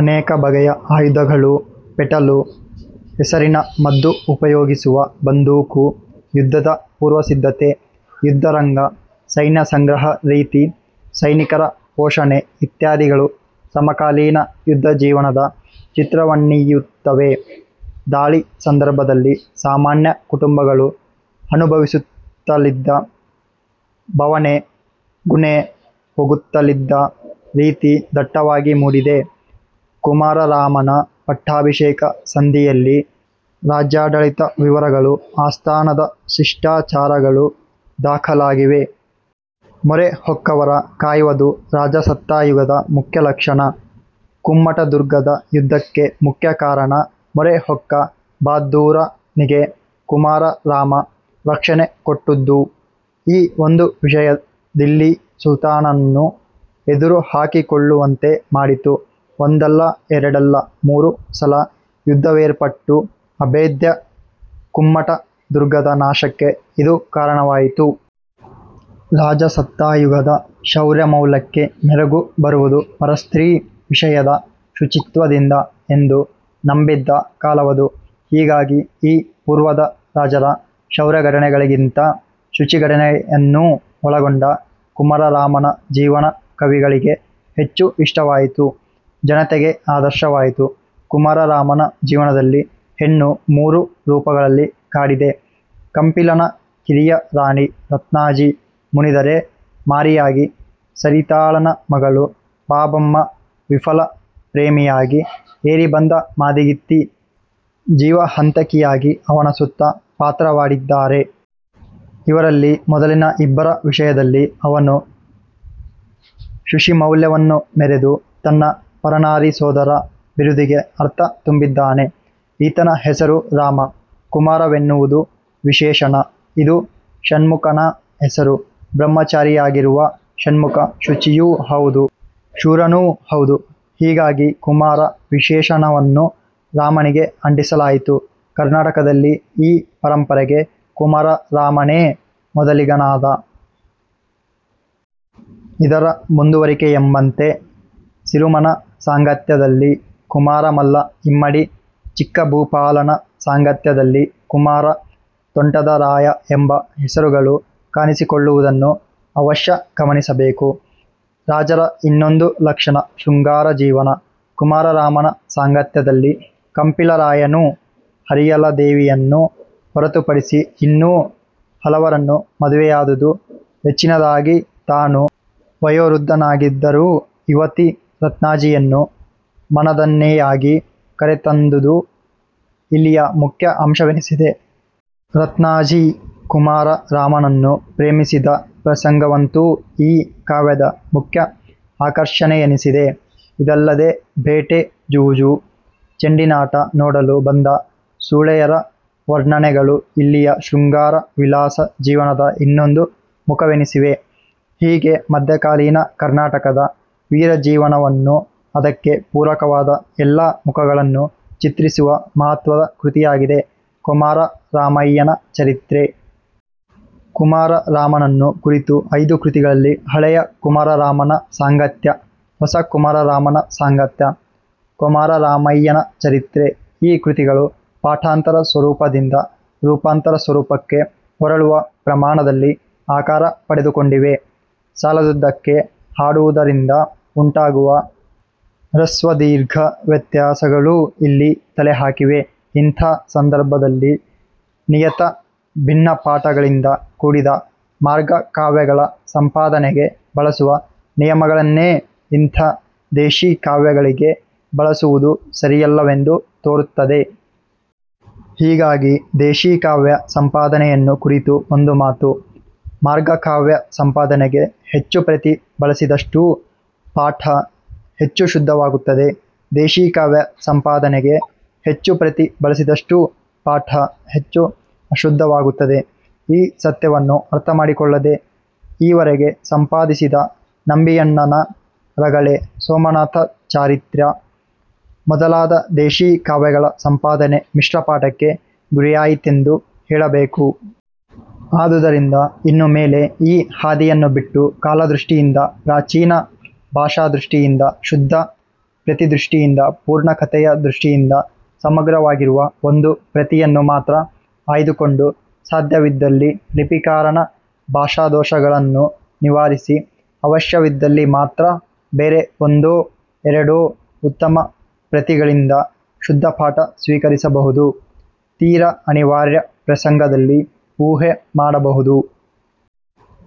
ಅನೇಕ ಬಗೆಯ ಆಯುಧಗಳು, ಪೆಟಲು ಹೆಸರಿನ ಮದ್ದು ಉಪಯೋಗಿಸುವ ಬಂದೂಕು, ಯುದ್ಧದ ಪೂರ್ವಸಿದ್ಧತೆ, ಯುದ್ಧರಂಗ, ಸೈನ್ಯಸಂಗ್ರಹ ರೀತಿ, ಸೈನಿಕರ ಪೋಷಣೆ ಇತ್ಯಾದಿಗಳು ಸಮಕಾಲೀನ ಯುದ್ಧ ಜೀವನದ ಚಿತ್ರವನ್ನೀಯುತ್ತವೆ. ದಾಳಿ ಸಂದರ್ಭದಲ್ಲಿ ಸಾಮಾನ್ಯ ಕುಟುಂಬಗಳು ಅನುಭವಿಸುತ್ತಲಿದ್ದ ಬವಣೆ, ಗುಣೆ ಹೋಗುತ್ತಲಿದ್ದ ರೀತಿ ದಟ್ಟವಾಗಿ ಮೂಡಿದೆ. ಕುಮಾರರಾಮನ ಪಟ್ಟಾಭಿಷೇಕ ಸಂಧಿಯಲ್ಲಿ ರಾಜ್ಯಾಡಳಿತ ವಿವರಗಳು, ಆಸ್ಥಾನದ ಶಿಷ್ಟಾಚಾರಗಳು ದಾಖಲಾಗಿವೆ. ಮೊರೆ ಹೊಕ್ಕವರ ಕಾಯ್ವದು ರಾಜಸತ್ತಾಯುಗದ ಮುಖ್ಯ ಲಕ್ಷಣ. ಕುಮ್ಮಟದುರ್ಗದ ಯುದ್ಧಕ್ಕೆ ಮುಖ್ಯ ಕಾರಣ, ಮೊರೆ ಹೊಕ್ಕ ಬಹಾದ್ದೂರ ನಿಗೆ ಕುಮಾರರಾಮ ರಕ್ಷಣೆ ಕೊಟ್ಟುದು. ಈ ಒಂದು ವಿಷಯ ದಿಲ್ಲಿ ಸುಲ್ತಾನನ್ನು ಎದುರುಹಾಕಿಕೊಳ್ಳುವಂತೆ ಮಾಡಿತು. ಒಂದಲ್ಲ, ಎರಡಲ್ಲ, ಮೂರು ಸಲ ಯುದ್ಧವೇರ್ಪಟ್ಟು, ಅಭೇದ್ಯ ಕುಮ್ಮಟ ದುರ್ಗದ ನಾಶಕ್ಕೆ ಇದು ಕಾರಣವಾಯಿತು. ರಾಜಸತ್ತಾಯುಗದ ಶೌರ್ಯಮೌಲ್ಯಕ್ಕೆ ಮೆರಗು ಬರುವುದು ಪರಸ್ತ್ರೀ ವಿಷಯದ ಶುಚಿತ್ವದಿಂದ- ಎಂದು ನಂಬಿದ್ದ ಕಾಲವದು. ಹೀಗಾಗಿ ಈ ಪೂರ್ವದ ರಾಜರ ಶೌರ್ಯಘಟನೆಗಳಿಗಿಂತ ಶುಚಿಘಟನೆಯನ್ನೂ ಒಳಗೊಂಡ ಕುಮಾರರಾಮನ ಜೀವನ ಕವಿಗಳಿಗೆ ಹೆಚ್ಚು ಇಷ್ಟವಾಯಿತು, ಜನತೆಗೆ ಆದರ್ಶವಾಯಿತು. ಕುಮಾರರಾಮನ ಜೀವನದಲ್ಲಿ ಹೆಣ್ಣು ಮೂರು ರೂಪಗಳಲ್ಲಿ ಕಾಡಿದೆ. ಕಂಪಿಲನ ಕಿರಿಯ ರಾಣಿ ರತ್ನಾಜಿ 'ಮುನಿದರೆ ಮಾರಿಯಾಗಿ', ಸರಿತಾಳನ ಮಗಳು ಬಾಬಮ್ಮ 'ವಿಫಲ ಪ್ರೇಮಿಯಾಗಿ', ಏರಿಬಂದ ಮಾದಿಗಿತ್ತಿ 'ಜೀವಹಂತಕಿಯಾಗಿ' ಅವನ ಸುತ್ತ ಪಾತ್ರವಾಡಿದ್ದಾರೆ. ಇವರಲ್ಲಿ ಮೊದಲಿನ ಇಬ್ಬರ ವಿಷಯದಲ್ಲಿ ಅವನು ಶುಷಿಮೌಲ್ಯವನ್ನು ಮೆರೆದು, ತನ್ನ 'ಪರನಾರಿ ಸೋದರ' ಬಿರುದಿಗೆ ಅರ್ಥ ತುಂಬಿದ್ದಾನೆ. ಈತನ ಹೆಸರು ರಾಮ. 'ಕುಮಾರ'ವೆನ್ನುವುದು ವಿಶೇಷಣ. ಇದು ಷಣ್ಮುಖನ ಹೆಸರು. ಬ್ರಹ್ಮಚಾರಿಯಾಗಿರುವ ಷಣ್ಮುಖ ಶುಚಿಯೂ ಹೌದು, ಶೂರನೂ ಹೌದು. ಹೀಗಾಗಿ 'ಕುಮಾರ' ವಿಶೇಷಣವನ್ನು ರಾಮನಿಗೆ ಅಂಟಿಸಲಾಯಿತು. ಕರ್ನಾಟಕದಲ್ಲಿ ಈ ಪರಂಪರೆಗೆ ಕುಮಾರರಾಮನೇ ಮೊದಲಿಗನಾದ. ಇದರ ಮುಂದುವರಿಕೆಯೆಂಬಂತೆ ಸಿರುಮನ ಸಾಂಗತ್ಯದಲ್ಲಿ ಕುಮಾರಮಲ್ಲ, ಇಮ್ಮಡಿ ಚಿಕ್ಕಭೂಪಾಲನ ಸಾಂಗತ್ಯದಲ್ಲಿ ಕುಮಾರ ತೋಂಟದರಾಯ ಎಂಬ ಹೆಸರುಗಳು ಕಾಣಿಸಿಕೊಳ್ಳುವುದನ್ನು ಅವಶ್ಯ ಗಮನಿಸಬೇಕು. ರಾಜರ ಇನ್ನೊಂದು ಲಕ್ಷಣ 'ಶೃಂಗಾರ ಜೀವನ'. ಕುಮಾರರಾಮನ ಸಾಂಗತ್ಯದಲ್ಲಿ ಕಂಪಿಲರಾಯನು ಹರಿಯಲದೇವಿಯನ್ನು ಹೊರತುಪಡಿಸಿ, ಇನ್ನೂ ಹಲವರನ್ನು ಮದುವೆಯಾದುದು, ಹೆಚ್ಚಿನದಾಗಿ ತಾನು ವಯೋವೃದ್ಧನಾಗಿದ್ದರೂ ಯುವತಿ ರತ್ನಾಜಿಯನ್ನು ಮನದನ್ನೆಯಾಗಿ ಕರೆತಂದುದು, ಇಲ್ಲಿಯ ಮುಖ್ಯ ಅಂಶವೆನಿಸಿವೆ. ರತ್ನಾಝಿ ಕುಮಾರ ರಾಮನನ್ನು ಪ್ರೇಮಿಸಿದ ಪ್ರಸಂಗವಂತೂ ಈ ಕಾವ್ಯದ ಮುಖ್ಯ ಆಕರ್ಷಣೆಯೆನಿಸಿದೆ. ಇದಲ್ಲದೆ ಬೇಟೆ, ಜೂಜು, ಚೆಂಡಿನಾಟ ನೋಡಲು ಬಂದ ಸೂಳೆಯರ ವರ್ಣನೆಗಳು ಇಲ್ಲಿಯ ಶೃಂಗಾರ ವಿಲಾಸ ಜೀವನದ ಇನ್ನೊಂದು ಮುಖವೆನಿಸಿವೆ. ಹೀಗೆ ಮಧ್ಯಕಾಲೀನ ಕರ್ನಾಟಕದ ವೀರಜೀವನವನ್ನು, ಅದಕ್ಕೆ ಪೂರಕವಾದ ಎಲ್ಲ ಮುಖಗಳನ್ನು ಚಿತ್ರಿಸುವ ಮಹತ್ವದ ಕೃತಿಯಾಗಿದೆ, 'ಕೊಮಾರ ರಾಮಯ್ಯನ ಚರಿತ್ರೆ'. ಕುಮಾರರಾಮನನ್ನು ಕುರಿತ ಐದು ಕೃತಿಗಳಲ್ಲಿ ಹಳೆಯ ಕುಮಾರರಾಮನ ಸಾಂಗತ್ಯ, ಹೊಸ ಕುಮಾರರಾಮನ ಸಾಂಗತ್ಯ, ಕೊಮಾರರಾಮಯ್ಯನ ಚರಿತ್ರೆ- ಈ ಕೃತಿಗಳು ಪಾಠಾಂತರ ಸ್ವರೂಪದಿಂದ ರೂಪಾಂತರ ಸ್ವರೂಪಕ್ಕೆ ಹೊರಳುವ ಪ್ರಮಾಣದಲ್ಲಿ ಆಕಾರ ಪಡೆದುಕೊಂಡಿವೆ. ಸಾಲದುದಕ್ಕೆ ಹಾಡುವುದರಿಂದ ಉಂಟಾಗುವ ಹ್ರಸ್ವದೀರ್ಘ ವ್ಯತ್ಯಾಸಗಳೂ ಇಲ್ಲಿ ತಲೆಹಾಕಿವೆ. ಇಂಥ ಸಂದರ್ಭದಲ್ಲಿ ನಿಯತ ಭಿನ್ನಪಾಠಗಳಿಂದ ಕೂಡಿದ ಮಾರ್ಗ ಕಾವ್ಯಗಳ ಸಂಪಾದನೆಗೆ ಬಳಸುವ ನಿಯಮಗಳನ್ನೇ ಇಂಥ ದೇಶೀಕಾವ್ಯಗಳಿಗೆ ಬಳಸುವುದು ಸರಿಯಲ್ಲವೆಂದು ತೋರುತ್ತದೆ. ಹೀಗಾಗಿ ದೇಶೀಕಾವ್ಯ ಸಂಪಾದನೆಯನ್ನು ಕುರಿತು ಒಂದು ಮಾತು: ಮಾರ್ಗಕಾವ್ಯ ಸಂಪಾದನೆಗೆ ಹೆಚ್ಚು ಪ್ರತಿ ಬಳಸಿದಷ್ಟೂ ಪಾಠ ಹೆಚ್ಚು ಶುದ್ಧವಾಗುತ್ತದೆ. ದೇಶೀಕಾವ್ಯ ಸಂಪಾದನೆಗೆ ಹೆಚ್ಚು ಪ್ರತಿ ಬಳಸಿದ್ದಷ್ಟೂ ಪಾಠ ಹೆಚ್ಚು ಅಶುದ್ಧವಾಗುತ್ತದೆ. ಈ ಸತ್ಯವನ್ನು ಅರ್ಥಮಾಡಿಕೊಳ್ಳದೆ ಈವರೆಗೆ ಸಂಪಾದಿಸಿದ ನಂಬಿಯಣ್ಣನ ರಗಳೆ, ಸೋಮನಾಥ ಚಾರಿತ್ರ ಮೊದಲಾದ ದೇಶೀ ಕಾವ್ಯಗಳ ಸಂಪಾದನೆ ಮಿಶ್ರಪಾಠಕ್ಕೆ ಗುರಿಯಾಯಿತೆಂದೇ ಹೇಳಬೇಕು. ಆದುದರಿಂದ ಇನ್ನು ಮೇಲೆ ಈ ಹಾದಿಯನ್ನು ಬಿಟ್ಟು ಕಾಲದೃಷ್ಟಿಯಿಂದ ಪ್ರಾಚೀನ, ಭಾಷಾದೃಷ್ಟಿಯಿಂದ ಶುದ್ಧ, ಪ್ರತಿದೃಷ್ಟಿಯಿಂದ ಪೂರ್ಣ ಕಥೆಯ ದೃಷ್ಟಿಯಿಂದ ಸಮಗ್ರವಾಗಿರುವ ಒಂದು ಪ್ರತಿಯನ್ನು ಮಾತ್ರ ಆಯ್ದುಕೊಂಡು ಸಾಧ್ಯವಿದ್ದಲ್ಲಿ ಲಿಪಿಕಾರನ ಭಾಷಾದೋಷಗಳನ್ನು ನಿವಾರಿಸಿ, ಅವಶ್ಯವಿದ್ದಲ್ಲಿ ಮಾತ್ರ ಬೇರೆ ಒಂದೋ ಎರಡೋ ಉತ್ತಮ ಪ್ರತಿಗಳಿಂದ ಶುದ್ಧಪಾಠ ಸ್ವೀಕರಿಸಬಹುದು. ತೀರ ಅನಿವಾರ್ಯ ಪ್ರಸಂಗದಲ್ಲಿ ಊಹೆ ಮಾಡಬಹುದು.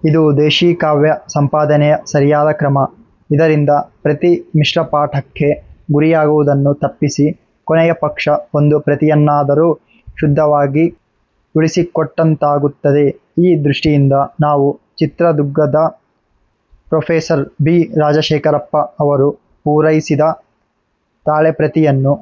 ಇದು ದೇಶೀಕಾವ್ಯ ಸಂಪಾದನೆಯ ಸರಿಯಾದ ಕ್ರಮ. ಇದರಿಂದ ಕೃತಿ ಮಿಶ್ರಪಾಠಕ್ಕೆ ಗುರಿಯಾಗುವುದನ್ನು ತಪ್ಪಿಸಿ, ಕೊನೆಯ ಪಕ್ಷ ಒಂದು ಪ್ರತಿಯನ್ನಾದರೂ ಶುದ್ಧವಾಗಿ ಉಳಿಸಿಕೊಟ್ಟಂತಾಗುತ್ತದೆ. ಈ ದೃಷ್ಟಿಯಿಂದ ನಾವು ಚಿತ್ರದುಗ್ಗದ ಪ್ರೊಫೆಸರ್. ಬಿ. ರಾಜಶೇಖರಪ್ಪ ಅವರು ಪೂರೈಸಿದ ತಾಳೆಪ್ರತಿಯನ್ನು